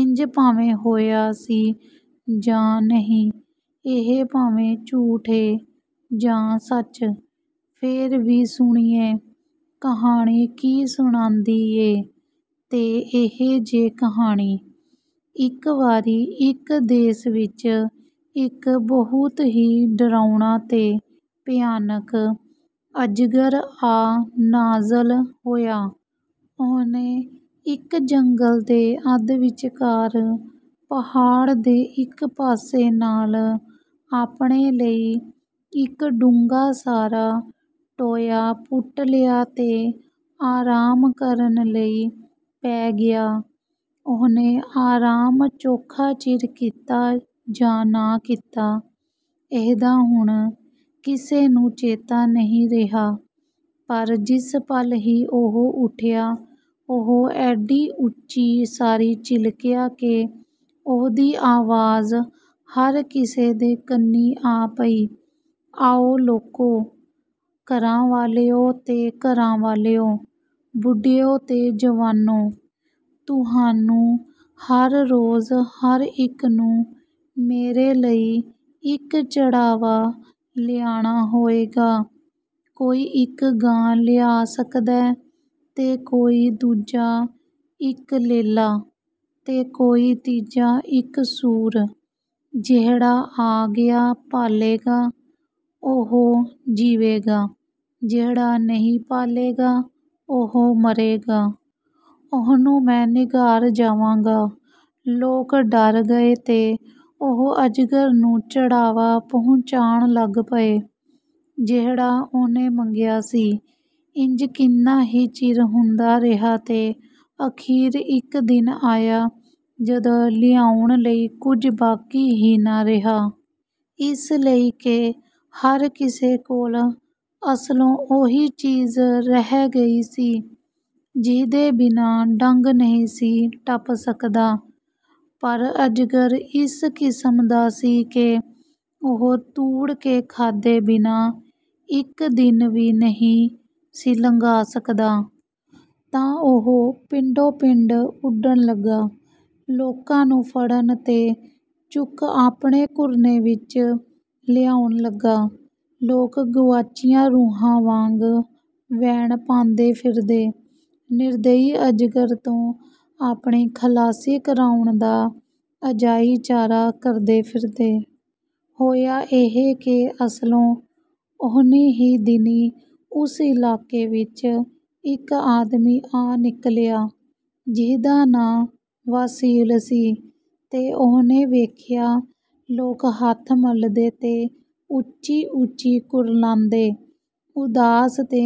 ਇੰਜ ਭਾਵੇਂ ਹੋਇਆ ਸੀ ਜਾਂ ਨਹੀਂ, ਇਹ ਭਾਵੇਂ ਝੂਠ ਏ ਜਾਂ ਸੱਚ, ਫੇਰ ਵੀ ਸੁਣੀਏ, ਕਹਾਣੀ ਕੀ ਸੁਣਾਂਦੀ ਏ। ਤੇ ਇਹ ਜੇ ਕਹਾਣੀ। ਇੱਕ ਵਾਰੀ ਇਕ ਦੇਸ ਵਿਚ ਇਕ ਬਹੁਤ ਹੀ ਡਰਾਉਣਾ ਤੇ ਭਿਆਨਕ ਅਜਗਰ ਆ ਨਾਜ਼ਲ ਹੋਇਆ। ਉਹਨੇ ਇੱਕ ਜੰਗਲ ਦੇ ਅੱਧ-ਵਿਚਕਾਰ ਪਹਾੜ ਦੇ ਇਕ ਪਾਸੇ ਨਾਲ ਆਪਣੇ ਲਈ ਇੱਕ ਡੂੰਘਾ ਸਾਰਾ ਟੋਇਆ ਪੁੱਟ ਲਿਆ ਤੇ ਆਰਾਮ ਕਰਨ ਲਈ ਪੈ ਗਿਆ। ਉਹਨੇ ਆਰਾਮ ਚੋਖਾ ਚਿਰ ਕੀਤਾ ਜਾਂ ਨਾ ਕੀਤਾ, ਇਹਦਾ ਹੁਣ ਕਿਸੇ ਨੂੰ ਚੇਤਾ ਨਹੀਂ ਰਿਹਾ, ਪਰ ਜਿਸ ਪਲ ਹੀ ਉਹ ਉੱਠਿਆ, ਉਹ ਏਡੀ ਉੱਚੀ ਸਾਰੀ ਚਿਲਕਿਆ ਕਿ ਉਹਦੀ ਆਵਾਜ਼ ਹਰ ਕਿਸੇ ਦੇ ਕੰਨੀਂ ਆ ਪਈ, "ਆਓ, ਲੋਕੋ, ਘਰਾਂ ਵਾਲਿਓ ਤੇ ਘਰਾਂ ਵਾਲੀਓ, ਬੁੱਢਿਓ ਤੇ ਜਵਾਨੋ! ਤੁਹਾਨੂੰ ਹਰ ਰੋਜ਼ ਹਰ ਇੱਕ ਨੂੰ ਮੇਰੇ ਲਈ ਇੱਕ ਚੜ੍ਹਾਵਾ ਲਿਆਣਾ ਹੋਏਗਾ। ਕੋਈ ਇੱਕ ਗਾਂ ਲਿਆ ਸਕਦੈ, ਤੇ ਕੋਈ ਦੂਜਾ ਇਕ ਲੇਲਾ, ਤੇ ਕੋਈ ਤੀਜਾ ਇਕ ਸੂਰ! ਜਿਹੜਾ ਆਗਿਆ ਪਾਲੇਗਾ, ਉਹ ਜੀਵੇਗਾ। ਜਿਹੜਾ ਨਹੀਂ ਪਾਲੇਗਾ, ਉਹ ਮਰੇਗਾ। ਉਹਨੂੰ ਮੈਂ ਨਿਘਾਰ ਜਾਵਾਂਗਾ!" ਲੋਕ ਡਰ ਗਏ ਤੇ ਉਹ ਅਜਗਰ ਨੂੰ ਚੜ੍ਹਾਵਾ ਪਹੁੰਚਾਣ ਲੱਗ ਪਏ, ਜਿਹੜਾ ਉਹਨੇ ਮੰਗਿਆ ਸੀ। ਇੰਜ ਕਿੰਨਾ ਹੀ ਚਿਰ ਹੁੰਦਾ ਰਿਹਾ ਤੇ ਅਖ਼ੀਰ ਇੱਕ ਦਿਨ ਆਇਆ, ਜਦੋਂ ਲਿਆਉਣ ਲਈ ਕੁਝ ਬਾਕੀ ਹੀ ਨਾ ਰਿਹਾ। ਇਸ ਲਈ ਕਿ ਹਰ ਕਿਸੇ ਕੋਲ ਅਸਲੋਂ ਉਹੀ ਚੀਜ਼ ਰਹਿ ਗਈ ਸੀ, ਜਿਹਦੇ ਬਿਨਾਂ ਡੰਗ ਨਹੀਂ ਸੀ ਟੱਪ ਸਕਦਾ। ਪਰ ਅਜਗਰ ਇਸ ਕਿਸਮ ਦਾ ਸੀ ਕਿ ਉਹ ਤੂੜ ਕੇ ਖਾਧੇ ਬਿਨਾਂ ਇੱਕ ਦਿਨ ਵੀ ਨਹੀਂ ਸੀ ਲੰਘਾ ਸਕਦਾ। ਤਾਂ ਉਹ ਪਿੰਡੋਂ ਪਿੰਡ ਉੱਡਣ ਲੱਗਾ, ਲੋਕਾਂ ਨੂੰ ਫੜਨ ਤੇ ਚੁੱਕ ਆਪਣੇ ਘੁਰਨੇ ਵਿੱਚ ਲਿਆਉਣ ਲੱਗਾ। ਲੋਕ ਗੁਆਚੀਆਂ ਰੂਹਾਂ ਵਾਂਗ ਵੈਣ ਪਾਂਦੇ ਫਿਰਦੇ, ਨਿਰਦਈ ਅਜਗਰ ਤੋਂ ਆਪਣੀ ਖਲਾਸੀ ਕਰਾਉਣ ਦਾ ਅਜਾਈਂ ਚਾਰਾ ਕਰਦੇ ਫਿਰਦੇ। ਹੋਇਆ ਇਹ ਕਿ ਅਸਲੋਂ ਉਹਨੀ ਹੀ ਦਿਨੀਂ ਉਸ ਇਲਾਕੇ ਵਿੱਚ ਇੱਕ ਆਦਮੀ ਆ ਨਿਕਲਿਆ, ਜਿਹਦਾ ਨਾਂ ਵਾਸੀਲ ਸੀ, ਤੇ ਉਹਨੇ ਵੇਖਿਆ ਲੋਕ ਹੱਥ ਮਲਦੇ ਤੇ ਉੱਚੀ-ਉੱਚੀ ਕੁਰਲਾਂਦੇ, ਉਦਾਸ ਤੇ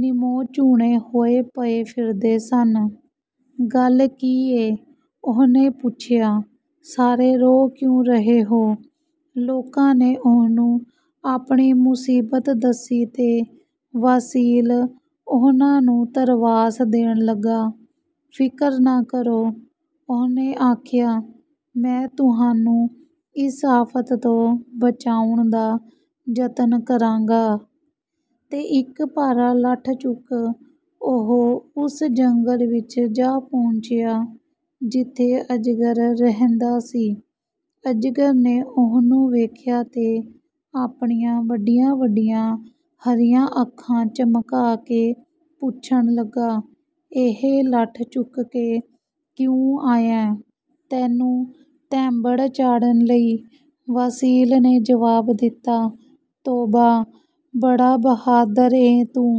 ਨਿਮੋਝੂਣੇ ਹੋਏ ਪਏ ਫਿਰਦੇ ਸਨ। "ਗੱਲ ਕੀ ਏ?" ਉਹਨੇ ਪੁੱਛਿਆ। "ਸਾਰੇ ਰੋ ਕਿਉਂ ਰਹੇ ਹੋ?" ਲੋਕਾਂ ਨੇ ਉਹਨੂੰ ਆਪਣੀ ਮੁਸੀਬਤ ਦੱਸੀ ਤੇ ਵਾਸੀਲ ਉਹਨਾਂ ਨੂੰ ਧਰਵਾਸ ਦੇਣ ਲੱਗਾ। "ਫ਼ਿਕਰ ਨਾ ਕਰੋ," ਉਹਨੇ ਆਖਿਆ। "ਮੈਂ ਤੁਹਾਨੂੰ ਇਸ ਆਫ਼ਤ ਤੋਂ ਬਚਾਉਣ ਦਾ ਜਤਨ ਕਰਾਂਗਾ।" ਤੇ ਇੱਕ ਭਾਰਾ ਲੱਠ ਚੁੱਕ, ਉਹ ਉਸ ਜੰਗਲ ਵਿੱਚ ਜਾ ਪਹੁੰਚਿਆ, ਜਿੱਥੇ ਅਜਗਰ ਰਹਿੰਦਾ ਸੀ। ਅਜਗਰ ਨੇ ਉਹਨੂੰ ਵੇਖਿਆ ਤੇ ਆਪਣੀਆਂ ਵੱਡੀਆਂ-ਵੱਡੀਆਂ ਹਰੀਆਂ ਅੱਖਾਂ ਝਮਕਾ ਕੇ ਪੁੱਛਣ ਲੱਗਾ, "ਇਹ ਲੱਠ ਚੁੱਕ ਕੇ ਕਿਉਂ ਆਇਐਂ?" "ਤੈਨੂੰ ਧੈਂਬੜ ਚਾੜ੍ਹਨ ਲਈ!" ਵਾਸੀਲ ਨੇ ਜਵਾਬ ਦਿੱਤਾ। "ਤੋਬਾ, ਬੜਾ ਬਹਾਦਰ ਏਂ ਤੂੰ!"